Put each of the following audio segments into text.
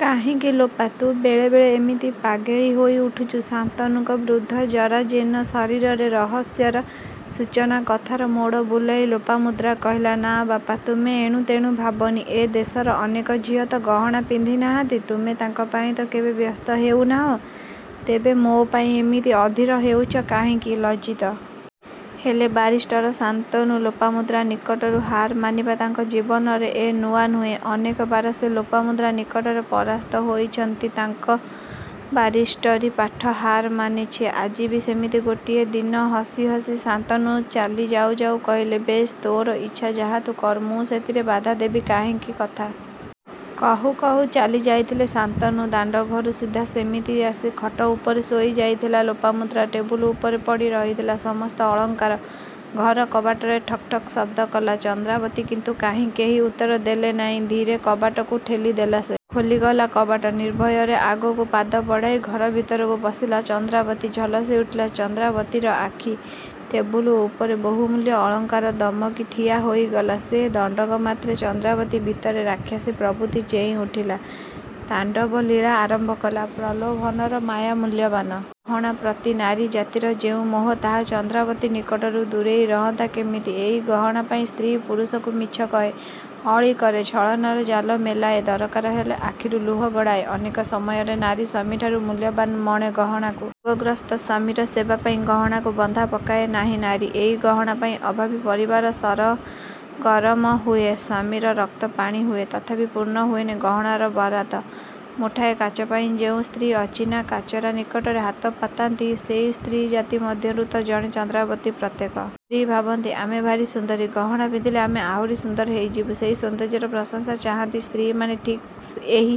କାହିଁକି ଲୋପା, ତୁ ବେଳେ ବେଳେ ଏମିତି ପାଗେଳି ହୋଇ ଉଠୁଛୁ?"ଶାନ୍ତନୁଙ୍କ ବୃଦ୍ଧ ଜରାଜୀର୍ଣ୍ଣ ଶରୀରରେ ରହସ୍ୟର ସୂଚନା। କଥାର ମୋଡ଼ ବୁଲାଇ ଲୋପାମୁଦ୍ରା କହିଲା, "ନାଁ ବାପା! ତୁମେ ଏଣୁ ତେଣୁ ଭାବନି। ଏ ଦେଶର ଅନେକ ଝିଅ ତ ଗହଣା ପିନ୍ଧି ନାହାନ୍ତି, ତୁମେ ତାଙ୍କ ପାଇଁ ତ କେବେ ବ୍ୟସ୍ତ ହେଉନାହଁ, ତେବେ ମୋ ପାଇଁ ଏମିତି ଅଧୀର ହେଉଛ କାହିଁକି?"ଲଜ୍ଜିତ ହେଲେ ବାରିଷ୍ଟର ଶାନ୍ତନୁ। ଲୋପାମୁଦ୍ରା ନିକଟରୁ ହାର ମାନିବା ତାଙ୍କ ଜୀବନରେ ଏ ନୂଆ ନୁହେଁ। ଅନେକବାର ସେ ଲୋପାମୁଦ୍ରା ନିକଟରେ ପରାସ୍ତ ହୋଇଛନ୍ତି, ତାଙ୍କ ବାରିଷ୍ଟରୀ ପାଠ ହାର ମାନିଛି। ଆଜି ବି ସେମିତି ଗୋଟିଏ ଦିନ। ହସି ହସି ଶାନ୍ତନୁ ଚାଲି ଯାଉ ଯାଉ କହିଲେ, "ବେଶ୍, ତୋର ଇଚ୍ଛା ଯାହା ତୁ କର ମୁଁ ସେଥିରେ ବାଧା ଦେବି କାହିଁକି?"କଥା କହୁ କହୁ ଚାଲି ଯାଇଥିଲେ ଶାନ୍ତନୁ। ଦାଣ୍ଡଘରୁ ସିଧା ସେମିତି ଆସି ଖଟ ଉପରେ ଶୋଇ ଯାଇଥିଲା ଲୋପାମୁଦ୍ରା। ଟେବୁଲ ଉପରେ ପଡ଼ି ରହିଥିଲା ସମସ୍ତ ଅଳଙ୍କାର। ଘର କବାଟରେ ଠକ୍ ଠକ୍ ଶବ୍ଦ କଲା ଚନ୍ଦ୍ରାବତୀ। କିନ୍ତୁ କାହିଁ, କେହି ଉତ୍ତର ଦେଲେ ନାହିଁ। ଧୀରେ କବାଟକୁ ଠେଲିଦେଲା ସେ। ଖୋଲିଗଲା କବାଟ। ନିର୍ଭୟରେ ଆଗକୁ ପାଦ ବଢ଼ାଇ ଘର ଭିତରକୁ ପଶିଲା ଚନ୍ଦ୍ରାବତୀ। ଝଲସି ଉଠିଲା ଚନ୍ଦ୍ରାବତୀର ଆଖି... ଟେବୁଲ ଉପରେ ବହୁମୂଲ୍ୟ ଅଳଙ୍କାର! ଦମକି ଠିଆ ହୋଇଗଲା ସେ। ଦଣ୍ଡକ ମାତ୍ରେ ଚନ୍ଦ୍ରାବତୀ ଭିତରେ ରାକ୍ଷସୀ ପ୍ରବୃତ୍ତି ଚେଇଁ ଉଠିଲା। ତାଣ୍ଡବଲୀଳା ଆରମ୍ଭ କଲା ପ୍ରଲୋଭନର ମାୟା। ମୂଲ୍ୟବାନ ଗହଣା ପ୍ରତି ନାରୀ ଜାତିର ଯେଉଁ ମୋହ, ତାହା ଚନ୍ଦ୍ରାବତୀ ନିକଟରୁ ଦୂରେଇ ରହନ୍ତା କେମିତି? ଏଇ ଗହଣା ପାଇଁ ସ୍ତ୍ରୀ, ପୁରୁଷକୁ ମିଛ କହେ ଅଳି କରେ ଛଳନାର ଜାଲ ମେଲାଏ, ଦରକାର ହେଲେ ଆଖିରୁ ଲୁହ ଗଡ଼ାଏ। ଅନେକ ସମୟରେ ନାରୀ ସ୍ୱାମୀଠାରୁ ମୂଲ୍ୟବାନ ମଣେ ଗହଣାକୁ। ରୋଗଗ୍ରସ୍ତ ସ୍ୱାମୀର ସେବା ପାଇଁ ଗହଣାକୁ ବନ୍ଧା ପକାଏ ନାହିଁ ନାରୀ। ଏଇ ଗହଣା ପାଇଁ ଅଭାବୀ ପରିବାର ସରଗରମ ହୁଏ। ସ୍ୱାମୀର ରକ୍ତ ପାଣି ହୁଏ, ତଥାପି ପୂର୍ଣ୍ଣ ହୁଏନି ଗହଣାର ବରାଦ। ମୁଠାଏ କାଚ ପାଇଁ ଯେଉଁ ସ୍ତ୍ରୀ ଅଚିହ୍ନା କାଚରା ନିକଟରେ ହାତ ପାତାନ୍ତି, ସେହି ସ୍ତ୍ରୀ ଜାତି ମଧ୍ୟରୁ ତ ଜଣେ ଚନ୍ଦ୍ରାବତୀ। ପ୍ରତ୍ୟେକ ସ୍ତ୍ରୀ ଭାବନ୍ତି, "ଆମେ ଭାରି ସୁନ୍ଦରୀ, ଗହଣା ପିନ୍ଧିଲେ ଆମେ ଆହୁରି ସୁନ୍ଦର ହୋଇଯିବୁ।" ସେଇ ସୌନ୍ଦର୍ଯ୍ୟର ପ୍ରଶଂସା ଚାହାନ୍ତି ସ୍ତ୍ରୀମାନେ। ଠିକ୍ ଏହି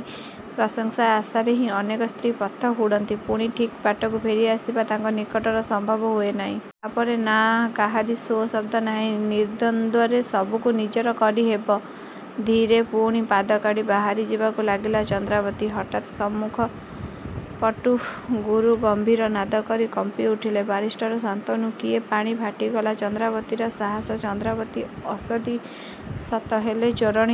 ପ୍ରଶଂସା ଆଶାରେ ହିଁ ଅନେକ ସ୍ତ୍ରୀ ପଥ ହୁଡ଼ନ୍ତି। ପୁଣି ଠିକ୍ ବାଟକୁ ଫେରି ଆସିବା ତାଙ୍କ ନିକଟରେ ସମ୍ଭବ ହୁଏନାହିଁ। ତା'ପରେ... ନା, କାହାରି ସୋ-ଶବ୍ଦ ନାହିଁ, ନିର୍ଦ୍ଦନ୍ଦ୍ୱରେ ସବୁକୁ ନିଜର କରି ହେବ। ଧୀରେ ପୁଣି ପାଦ କାଢ଼ି ବାହାରି ଯିବାକୁ ଲାଗିଲା ଚନ୍ଦ୍ରାବତୀ। ହଠାତ୍ ସମ୍ମୁଖପଟୁ ଗୁରୁଗମ୍ଭୀର ନାଦ କରି କମ୍ପିଉଠିଲେ ବାରିଷ୍ଟର ଶାନ୍ତନୁ, କିଏ? ପାଣି ଫାଟିଗଲା ଚନ୍ଦ୍ରାବତୀର ସାହସ। ଚନ୍ଦ୍ରାବତୀ ଅସତୀ ସତ, ହେଲେ ଚୋରଣୀ